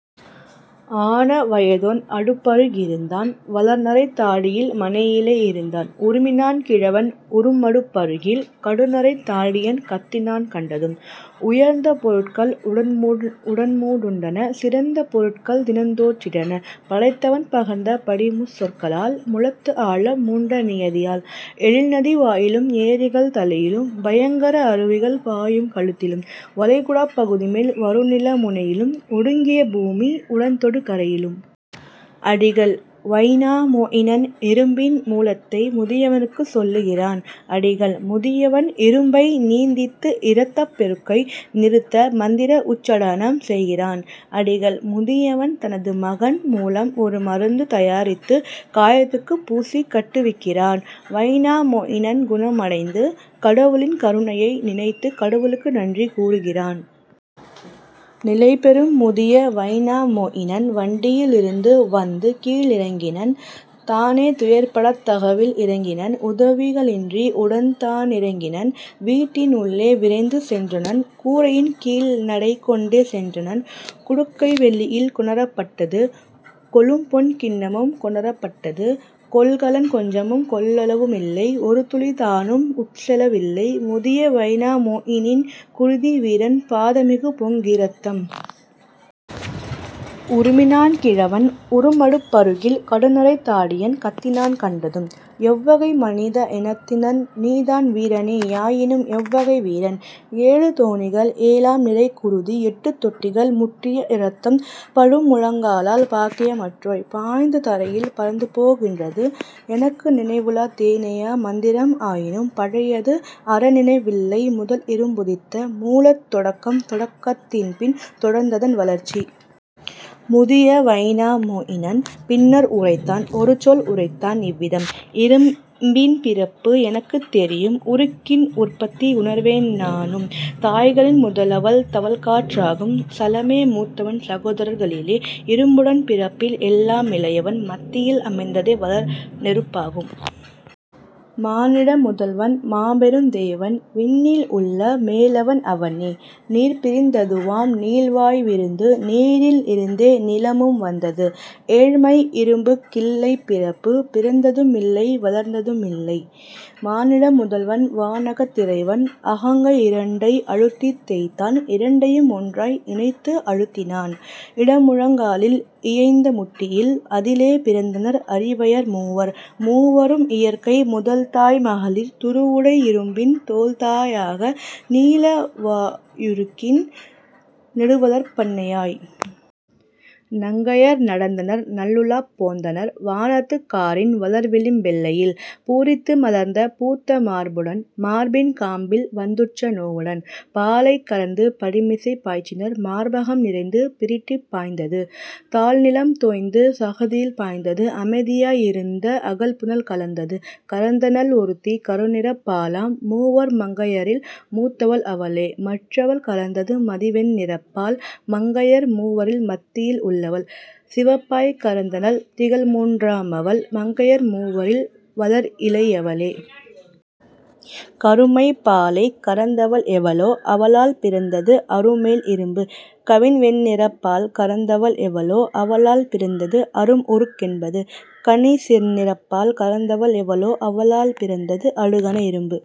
" ஆன வயதோன் அடுப்பரு கிருந்தான்। வளர்நரைத் தாடியில் மணையிலே இருந்தான் உறுமினான் கிழவன் உறும்அடுப் பருகில் கடுநரைத் தாடியன் கத்தினான் கண்டதும்: "உயர்ந்த பொருட்கள் உடன்மூ டுண்டன சிறந்த பொருட்கள் தினம்தோற் றிட்டன படைத்தவன் பகர்ந்த படிமுச் சொற்களால் மூலத்து ஆழம் மூண்ட நியதியால்: எழில்நதி வாயிலும் ஏரிகள் தலையிலும் பயங்கர அருவிகள் பாயும் கழுத்திலும் வளைகுடாப் பகுதிமேல் வருநில முனையிலும் ஒடுங்கிய பூமி உடன்தொடு கரையிலும். " அடிகள் வைனாமொயினன் இரும்பின் மூலத்தை முதியவனுக்குச் சொல்லுகிறான். அடிகள்: முதியவன் இரும்பை நிந்தித்து இரத்தப் பெருக்கை நிறுத்த மந்திர உச்சாடனம் செய்கிறான். அடிகள்: முதியவன் தனது மகன் மூலம் ஒரு மருந்து தயாரித்துக் காயத்துக்குப் பூசிக் கட்டுவிக்கிறான். வைனாமொயினன் குணமடைந்து, கடவுளின் கருணையை நினைத்துக் கடவுளுக்கு நன்றி கூறுகிறான். நிலைபெறும் முதிய வைனா மொயினன் வண்டியி லிருந்து வந்துகீ ழிறங்கினன் தானே துயர்ப்படாத் தகவில் இறங்கினன் உதவிக ளின்றி உடன்தா னிறங்கினன் வீட்டின் உள்ளே விரைந்து சென்றனன் கூரையின் கீழ்நடை கொண்டே சென்றனன். குடுக்கை வெள்ளியில் கொணரப் பட்டது கொளும்பொன் கிண்ணமும் கொணரப் பட்டது. கொள்கலன் கொஞ்சமும் கொள்ளவு மில்லை ஒருதுளி தானும் உட்செல வில்லை முதிய வைனா மொயினனின் குருதி வீரன் பாத மிகுபொங் கிரத்தம். உறுமினன் கிழவன் உறும்அடுப் பருகில் கடுநரைத் தாடியன் கத்தினான் கண்டதும்: "எவ்வகை மனித இனத்தினன் நீதான் வீரனே யாயினும் எவ்வகை வீரன்? ஏழு தோணிகள் எலாம்நிறை குருதி எட்டுத் தொட்டிகள் முட்டிய இரத்தம் படுமுழங் காலால் பாக்கிய மற்றோய், பாய்ந்து தரையில் பரந்துபோ கின்றது; எனக்கு நினைவுள தேனைய மந்திரம் ஆயினும் பழையது அறநினை வில்லை முதல்இரும் புதித்த மூலத் தொடக்கம் தொடக்கத் தின்பின் தொடர்ந்ததன் வளர்ச்சி. " முதிய வைனா மொயினன் பின்னர் உரைத்தான் ஒருசொல் உரைத்தான் இவ்விதம்: "இரும்பின் பிறப்பு எனக்குத் தெரியும் உருக்கின்உற் பத்தி உணர்வேன் நானும் தாய்களின் முதலவள் தவழ்காற் றாகும் சலமே மூத்தவன் சகோதரர் களிலே இரும்புடன் பிறப்பில் எல்லாம் இளையவன் மத்தியில் அமைந்ததே வளர்நெருப் பாகும். மானிட முதல்வன், மாபெருந் தேவன், விண்ணில் உள்ள மேலவன் அவனே, நீர்பிரிந் ததுவாம் நீள்வாய் விருந்து நீரில் இருந்தே நிலமும் வந்தது ஏழ்மை இரும்புக் கில்லைப் பிறப்பு பிறந்ததும் இல்லை வளர்ந்ததும் இல்லை. மானிட முதல்வன், வானகத் திறைவன், அகங்கை இரண்டை அழுத்தித் தேய்த்தான் இரண்டையும் ஒன்றாய் இணைத்து அழுத்தினான் இடமுழங் காலில் இயைந்த முட்டியில் அதிலே பிறந்தனர் அரிவையர் மூவர் மூவரும் இயற்கை முதல்தாய் மகளிர் துருவுடை இரும்பின் தொல்தா யாக நீலவா யுருக்கின் நெடுவளர்ப் பன்னையாய். நங்கையர் நடந்தனர் நல்லுலாப் போந்தனர் வானத்துக் காரின் வளர்விளிம் பெல்லையில் பூரித்து மலர்ந்த பூத்த மார்புடன் மார்பின் காம்பில் வந்துற்ற நோவுடன்; பாலைக் கறந்து படிமிசைப் பாய்ச்சினர் மார்பகம் நிறைந்து பீரிட்டுப் பாய்ந்தது; தாழ்நிலம் தோய்ந்து சகதியில் பாய்ந்தது அமைதியாய் இருந்த அகல்புனல் கலந்தது. கறந்தனள் ஒருத்தி கருநிறப் பாலாம் மூவர்மங் கையரில் மூத்தவள் அவளே; மற்றவள் கறந்தது மதிவெண் ணிறப்பால் மங்கையர் மூவரில் மத்தியில் உள்ளவள்; சிவப்பாய் கறந்தனள் திகழ்மூன் றாமவள் மங்கையர் மூவரில் வளர்இளை யவளே. கருமைப் பாலைக் கறந்தவள் எவளோ அவளால் பிறந்தது அருமெல் இரும்பு; கவின்வெண் ணிறப்பால் கறந்தவள் எவளோ அவளால் பிறந்தது அரும்உருக் கென்பது; கனிசெந் நிறப்பால் கறந்தவள் எவளோ அவளால் பிறந்தது அடுகன இரும்பு.